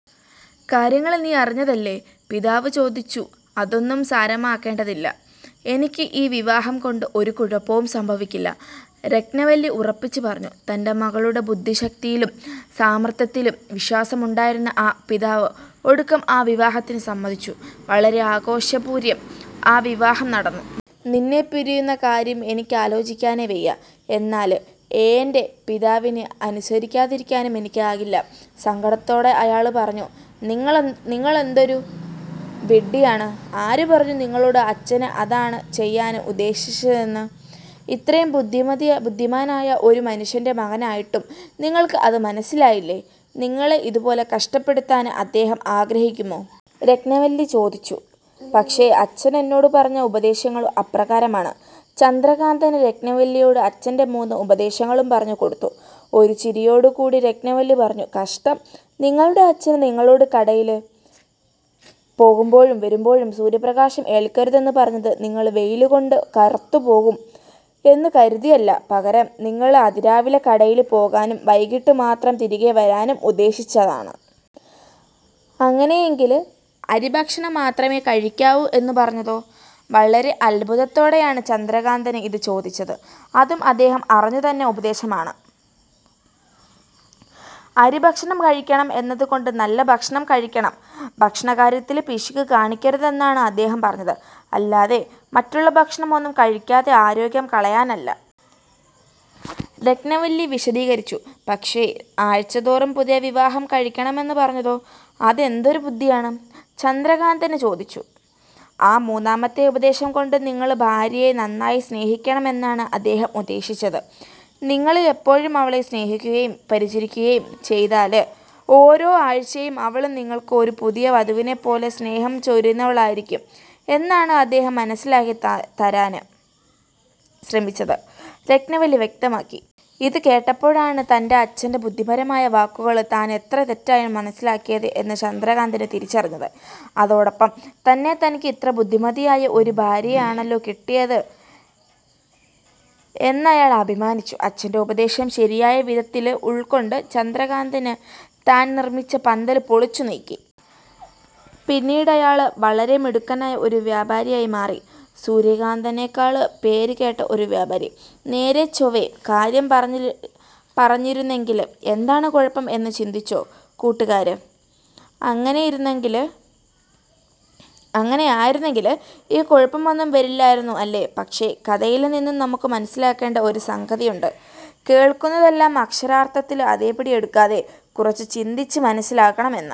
കാര്യങ്ങള് നീ അറിഞ്ഞതല്ലെ? " പിതാവ് ചോദിച്ചു "അതൊന്നും സാരമാക്കേണ്ടതില്ല. എനിക്ക് ഈ വിവാഹം കൊണ്ട് ഒരു കുഴപ്പവും സംഭവിക്കില്ല" രത്നവല്ലി ഉറപ്പിച്ചു പറഞ്ഞു. തന്റെ മകളുടെ ബുദ്ധിശക്തിയിലും സാമര്ത്ഥ്യത്തിലും വിശ്വാസമുണ്ടായിരുന്ന ആ പിതാവ് ഒടുക്കം ആ വിവാഹത്തിന് സമ്മതിച്ചു. വളരെ ആഘോഷപൂര്യം ആ വിവാഹം നടന്നു. "നിന്നെ പിരിയുന്ന കാര്യം എനിക്കാലോചിക്കാനേ വയ്യ. എന്നാല് ഏന്റെ പിതാവിനെ അനുസരിക്കാതിരിക്കാനും എനിക്കാകില്ല" സങ്കടത്തോടെ അയാള് പറഞ്ഞു. "നിങ്ങളെന്തൊരു വിഡ്ഡിയാണ്. ആര് പറഞ്ഞു നിങ്ങളോട് അച്ഛന് അതാണ് ചെയ്യാന് ഉപദേശിച്ചതെന്ന്. ഇത്രയും ബുദ്ധിമാനായ ഒരു മനുഷ്യന്റെ മകനായിട്ടും നിങ്ങള്ക്ക് അത് മനസ്സിലായില്ലേ? നിങ്ങളെ ഇത് പോലെ കഷ്ടപ്പെടുത്താന് അദ്ദേഹം ആഗ്രഹിക്കുമോ? " രത്നവല്ലി ചോദിച്ചു. "പക്ഷേ അച്ഛന് എന്നോടു പറഞ്ഞ ഉപദേശങ്ങള് അപ്രകാരമാണ്. " ചന്ദ്രകാന്തന് രത്നവല്ലിയോട് അച്ചന്റെ മൂന്ന് ഉപദേശങ്ങളും പറഞ്ഞു കൊടുത്തു. ഒരു ചിരിയോട് കൂടി രത്നവല്ലി പറഞ്ഞു. "കഷ്ടം. നിങ്ങളുടെ അച്ഛന് നിങ്ങളോട് കടയില് പോകുമ്പോഴും വരുമ്പോഴും സൂര്യപ്രകാശം ഏൽക്കരുതെന്ന് പറഞ്ഞത് നിങ്ങള് വെയില് കൊണ്ട് കറുത്ത് പോകും എന്നു കരുതിയല്ല, പകരം നിങ്ങള് അതിരാവിലെ കടയില് പോകാനും, വൈകീട്ട് മാത്രം തിരികെ വരാനും ഉദ്ദേശിച്ചതാണ്. " "അങ്ങിനെയെങ്കില് അരിഭക്ഷണം മാത്രമേ കഴിക്കാവൂ എന്നു പറഞ്ഞതോ? " വളരെ അത്ഭുതത്തോടെയാണ് ചന്ദ്രകാന്തന് ഇത് ചോദിച്ചത്. "അതും അദ്ധേഹം അറിഞ്ഞു തന്ന ഉപദേശം ആണ്. അരി ഭക്ഷണം കഴിക്കണം എന്നത് കൊണ്ട് നല്ല ഭക്ഷണം കഴിക്കണം, ഭക്ഷണകാര്യത്തില് പിശുക്ക് കാണിക്കരുതെന്നാണ് അദ്ദേഹം പറഞ്ഞത്. അല്ലാതെ മറ്റുള്ള ഭക്ഷണം ഒന്നും കഴിക്കാതെ ആരോഗ്യം കളയാനല്ല! " രത്നവല്ലി വിശദീകരിച്ചു. "പക്ഷേ, ആഴ്ച തോറും പുതിയ വിവാഹം കഴിക്കണമെന്ന് പറഞ്ഞതോ? അതെന്തൊരു ബുദ്ധിയാണ്? " ചന്ദ്രകാന്തന് ചോദിച്ചു. "ആ മൂന്നാമത്തെ ഉപദേശം കൊണ്ട് നിങ്ങള് ഭാര്യയെ നന്നായി സ്നേഹിക്കണം എന്നാണ് അദ്ദേഹം ഉദ്ദേശിച്ചത്. നിങ്ങള് എപ്പോഴും അവളെ സ്നേഹിക്കുകയും പരിചരിക്കുകയും ചെയ്താല് ഓരോ ആഴ്ചയും അവള് നിങ്ങള്ക്ക് ഒരു പുതിയ വധുവിനെപ്പോലെ സ്നേഹം ചൊരിയുന്നവളായിരിക്കും എന്നാണ് അദ്ദേഹം മനസ്സിലാക്കിത്തരാന് ശ്രമിച്ചത്" രത്നവല്ലി വ്യക്തമാക്കി. ഇത് കേട്ടപ്പോഴാണ് തന്റെ അച്ചന്റെ ബുദ്ധിപരമായ വാക്കുകള് താന് എത്ര തെറ്റായാണ് മനസ്സിലാക്കിയത് എന്നു ചന്ദ്രകാന്തന് തിരിച്ചറിഞ്ഞത്. അതോടൊപ്പം തന്നെ തനിക്ക് ഇത്ര ബുദ്ധിമതിയായ ഒരു ഭാര്യയെയാണല്ലോ കിട്ടിയത് എന്നയാള് അഭിമാനിച്ചു. അച്ചന്റെ ഉപദേശം ശരിയായ വിധത്തില് ഉള്കൊണ്ട് ചന്ദ്രകാന്തന് താന് നിര്മ്മിച്ച പന്തല് പൊളിച്ച് നീക്കി. പിന്നീട് അയാള് വളരെ മിടുക്കനായ ഒരു വ്യാപാരിയായി മാറി സൂര്യകാന്തന്നെക്കാള് പേര് കേട്ട ഒരു വ്യാപാരി. നേരെചൊവ്വേ കാര്യം പറഞ്ഞിരുന്നെങ്കില് എന്താണ് കുഴപ്പം എന്നു ചിന്തിച്ചോ കൂട്ടുകാര്? അങ്ങിനെയായിരുന്നെങ്കില് ഈ കുഴപ്പമൊന്നും വരില്ലായിരുന്നു അല്ലേ? പക്ഷേ കഥയില് നിന്നും നമുക്ക് മനസ്സിലാക്കേണ്ട ഒരു സംഗതിയുണ്ട് കേള്ക്കുന്നതെല്ലാം അക്ഷരാര്ത്ഥത്തില് അതേപടി എടുക്കാതെ കുറച്ച് ചിന്തിച്ച് മനസ്സിലാക്കണം എന്ന്.